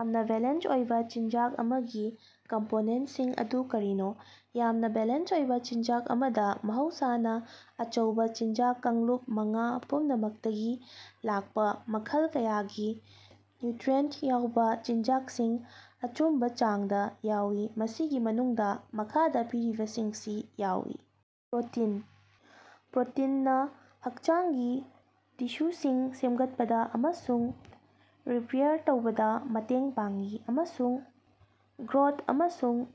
ꯌꯥꯝꯅ ꯕꯦꯂꯦꯟꯁ ꯑꯣꯏꯕ ꯆꯤꯟꯖꯥꯛ ꯑꯃꯒꯤ ꯀꯝꯄꯣꯅꯦꯟꯠꯁꯤꯡ ꯑꯗꯨ ꯀꯔꯤꯅꯣ? ꯌꯥꯝꯅ ꯕꯦꯂꯦꯟꯁ ꯑꯣꯏꯕ ꯆꯤꯟꯖꯥꯛ ꯑꯃꯗ ꯃꯍꯧꯁꯥꯅ ꯑꯆꯧꯕꯥ ꯆꯤꯟꯖꯥꯛ ꯀꯥꯡꯂꯨꯞ ꯃꯉꯥ ꯄꯨꯝꯅꯃꯛꯇꯒꯤ ꯂꯥꯛꯄꯥ ꯃꯈꯜ ꯀꯌꯥꯒꯤ ꯅ꯭ꯌꯨꯇꯔꯤꯑꯦꯟꯠ ꯌꯥꯎꯕ ꯆꯤꯟꯖꯥꯛꯁꯤꯡ, ꯑꯆꯨꯝꯕ ꯆꯥꯡꯗ ꯌꯥꯎꯏ꯫ ꯃꯁꯤꯒꯤ ꯃꯅꯨꯡꯗꯥ ꯃꯈꯥꯗ ꯄꯤꯔꯤꯕꯁꯤꯡꯁꯤ ꯌꯥꯎꯏ: ꯄ꯭ꯔꯣꯇꯤꯟ: ꯄ꯭ꯔꯣꯇꯤꯟꯅꯥ ꯍꯛꯆꯥꯡꯒꯤ ꯇꯤꯁꯨꯁꯤꯡ ꯁꯦꯝꯒꯠꯄꯗꯥ ꯑꯃꯁꯨꯡ ꯔꯤꯄꯦꯌꯥꯔ ꯇꯧꯕꯗ ꯃꯇꯦꯡ ꯄꯥꯡꯏ ꯑꯃꯁꯨꯡ ꯒ꯭ꯔꯣꯊ ꯑꯃꯁꯨꯡ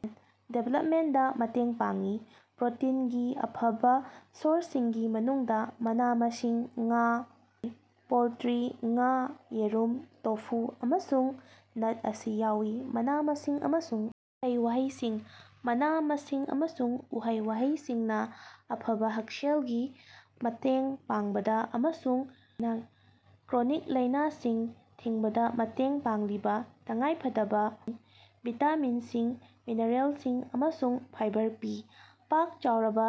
ꯗꯤꯚꯦꯂꯞꯃꯦꯟꯠꯗꯥ ꯃꯇꯦꯡ ꯄꯥꯡꯏ꯫ ꯄ꯭ꯔꯣꯇꯤꯟꯒꯤ ꯑꯐꯕꯥ ꯁꯣꯔꯁꯁꯤꯡꯒꯤ ꯃꯅꯨꯡꯗ ꯃꯅꯥ ꯃꯁꯤꯡ, ꯉꯥ, ꯄꯣꯜꯇꯔꯤ, ꯉꯥ, ꯌꯦꯔꯨꯝ, ꯇꯣꯐꯨ, ꯑꯃꯁꯨꯡ ꯅꯠ ꯑꯁꯤ ꯌꯥꯎꯏ꯫ ꯃꯅꯥ-ꯃꯁꯤꯡ ꯑꯃꯁꯨꯡ ꯎꯍꯩ-ꯋꯥꯍꯩꯁꯤꯡ: ꯃꯅꯥ-ꯃꯁꯤꯡ ꯑꯃꯁꯨꯡ ꯎꯍꯩ-ꯋꯥꯍꯩꯁꯤꯡꯅ ꯑꯐꯕ ꯍꯛꯁꯦꯜꯒꯤ ꯃꯇꯦꯡ ꯄꯥꯡꯕꯗ ꯑꯃꯁꯨꯡ ꯀ꯭ꯔꯣꯅꯤꯛ ꯂꯥꯏꯅꯥꯁꯤꯡ ꯊꯤꯡꯕꯗ ꯃꯇꯦꯡ ꯄꯥꯡꯂꯤꯕ ꯇꯉꯥꯏꯐꯗꯕ ꯚꯤꯇꯥꯃꯤꯟꯁꯤꯡ, ꯃꯤꯅꯔꯦꯜꯁꯤꯡ ꯑꯃꯁꯨꯡ ꯐꯥꯏꯕꯔ ꯄꯤ꯫ ꯄꯥꯛ-ꯆꯥꯎꯔꯕ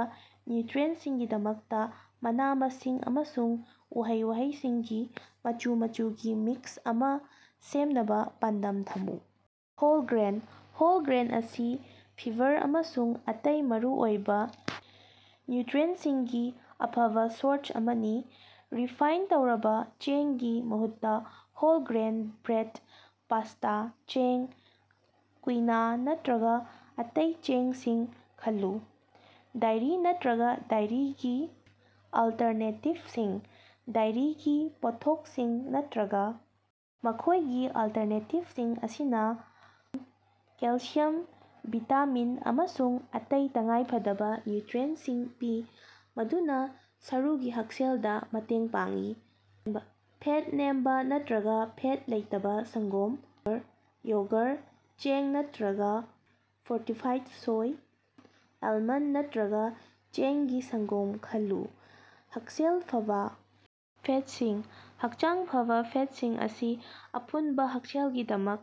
ꯅ꯭ꯌꯨꯇꯔꯤꯑꯦꯟꯠꯁꯤꯡꯒꯤꯗꯃꯛꯇ ꯃꯅꯥ ꯃꯁꯤꯡ ꯑꯃꯁꯨꯡ ꯎꯍꯩ-ꯋꯥꯍꯩꯁꯤꯡꯒꯤ ꯃꯆꯨ ꯃꯆꯨꯒꯤ ꯃꯤꯛꯁ ꯑꯃꯥ ꯁꯦꯝꯅꯕꯥ ꯄꯥꯟꯗꯝ ꯊꯝꯃꯨ꯫ ꯍꯣꯜ ꯒ꯭ꯔꯦꯟ: ꯍꯣꯜ ꯒ꯭ꯔꯦꯟ ꯑꯁꯤ ꯐꯤꯕꯔ ꯑꯃꯁꯨꯡ ꯑꯇꯩ ꯃꯔꯨꯑꯣꯏꯕꯥ ꯅ꯭ꯌꯨꯇꯔꯤꯑꯦꯟꯠꯁꯤꯡꯒꯤ ꯑꯐꯕꯥ ꯁꯣꯔꯁ ꯑꯃꯅꯤ꯫ ꯔꯤꯐꯥꯏꯟ ꯇꯧꯔꯕ ꯆꯦꯡꯒꯤ ꯃꯍꯨꯠꯇ ꯍꯣꯜ-ꯒ꯭ꯔꯦꯟ ꯕ꯭ꯔꯦꯗ, ꯄꯥꯁꯇꯥ, ꯆ‌ꯦꯡ, ꯀꯨꯏꯅꯥ ꯅꯠꯇꯔꯒ ꯑꯇꯩ ꯆꯦꯡꯁꯤꯡ ꯈꯜꯂꯨ꯫ ꯗꯥꯏꯔꯤ ꯅꯠꯇꯔꯒ ꯗꯥꯏꯔꯤꯒꯤ ꯑꯜꯇꯔꯅꯦꯇꯤꯚꯁꯤꯡ: ꯗꯥꯏꯔꯤꯒꯤ ꯄꯣꯠꯊꯣꯛꯁꯤꯡ ꯅꯠꯇꯔꯒꯥ ꯃꯈ‌ꯣꯏꯒꯤ ꯑꯜꯇꯔꯅꯦꯇꯤꯚꯁꯤꯡ ꯑꯁꯤꯅ ꯀꯦꯜꯁꯤꯌꯝ, ꯚꯤꯇꯥꯃꯤꯟ, ꯑꯃꯁꯨꯡ ꯑꯇꯩ ꯇꯉꯥꯏꯐꯗꯕꯥ ꯅ꯭ꯌꯨꯇꯔꯤꯑꯦꯟꯠꯁꯤꯡ ꯄꯤ, ꯃꯗꯨꯅ ꯁꯔꯨꯒꯤ ꯍꯛꯁꯦꯜꯗꯥ ꯃꯇꯦꯡ ꯄꯥꯡꯏ꯫ ꯐꯦꯠ ꯅꯦꯝꯕꯥ ꯅꯠꯇꯔꯒ ꯐꯦꯠ ꯂꯩꯇꯕ ꯁꯪꯒꯣꯝ, ꯌꯣꯒꯔ, ꯆꯦꯡ ꯅꯠꯇꯔꯒ ꯐꯣꯔꯇꯤꯐꯥꯏꯗ ꯁꯣꯏ, ꯑꯦꯜꯃꯟꯗ ꯅꯠꯇꯔꯒ ꯆꯦꯡꯒꯤ ꯁꯪꯒꯣꯝ ꯈꯜꯂꯨ꯫ ꯍꯛꯁꯦꯜ ꯐꯕꯥ ꯐꯦꯠꯁꯤꯡ: ꯍꯛꯆꯥꯡ ꯐꯕꯥ ꯐꯦꯠꯁꯤꯡ ꯑꯁꯤ ꯑꯄꯨꯟꯕꯥ ꯍꯛꯁꯦꯜꯒꯤꯗꯃꯛ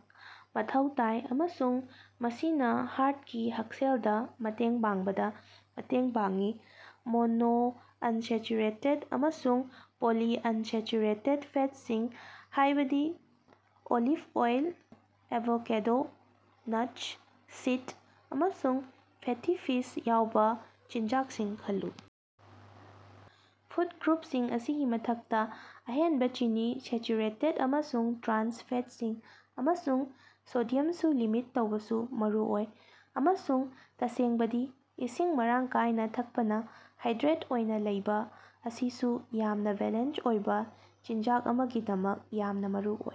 ꯃꯊꯧ ꯇꯥꯏ ꯑꯃꯁꯨꯡ ꯃꯁꯤꯅꯥ ꯍꯥꯔꯠꯀꯤ ꯍꯛꯁꯦꯜꯗ ꯃꯇꯦꯡ ꯄꯥꯡꯕꯗ ꯃꯇꯦꯡ ꯄꯥꯡꯏ꯫ ꯃꯣꯅꯣꯑꯟꯁꯦꯆꯨꯔꯦꯇꯦꯗ ꯑꯃꯁꯨꯡ ꯄꯣꯂꯤꯑꯟꯁꯦꯆꯨꯔꯦꯇꯦꯗ ꯐꯦꯇꯁꯤꯡ ꯍꯥꯏꯕꯗꯤ ꯑꯣꯂꯤꯚ ꯑꯣꯜ, ꯑꯦꯚꯣꯀꯦꯗꯣ, ꯅꯠꯁ, ꯁꯤꯗ, ꯑꯃꯁꯨꯡ ꯐꯦꯇꯤ ꯐꯤꯁ ꯌꯥꯎꯕ ꯆꯤꯟꯖꯥꯛꯁꯤꯡ ꯈꯜꯂꯨ꯫ ꯐꯨꯗ ꯒ꯭ꯔꯨꯞꯁꯤꯡ ꯑꯁꯤꯒꯤ ꯃꯊꯛꯇ, ꯑꯍꯦꯟꯕꯥ ꯆꯤꯅꯤ, ꯁꯦꯆꯨꯔꯦꯇꯦꯗ ꯑꯃꯁꯨꯡ ꯇ꯭ꯔꯥꯟꯁ ꯐꯦꯠꯁꯤꯡ, ꯑꯃꯁꯨꯡ ꯁꯣꯗꯤꯌꯝꯁꯨ ꯂꯤꯃꯤꯠ ꯇꯧꯕꯁꯨ ꯃꯔꯨꯑꯣꯏ꯫ ꯑꯃꯁꯨꯡ, ꯇꯁꯦꯡꯕꯗꯤ, ꯏꯁꯤꯡ ꯃꯔꯥꯡ ꯀꯥꯏꯅ ꯊꯛꯄꯅ ꯍꯥꯏꯗ꯭ꯔꯦꯠ ꯑꯣꯏꯅꯥ ꯂꯩꯕꯥ ꯑꯁꯤꯁꯨ ꯌꯥꯝꯅ ꯕꯦꯂꯦꯟꯁ ꯑꯣꯏꯕ ꯆꯤꯟꯖꯥꯛ ꯑꯃꯒꯤꯗꯃꯛ ꯌꯥꯝꯅ ꯃꯔꯨꯑꯣꯏ꯫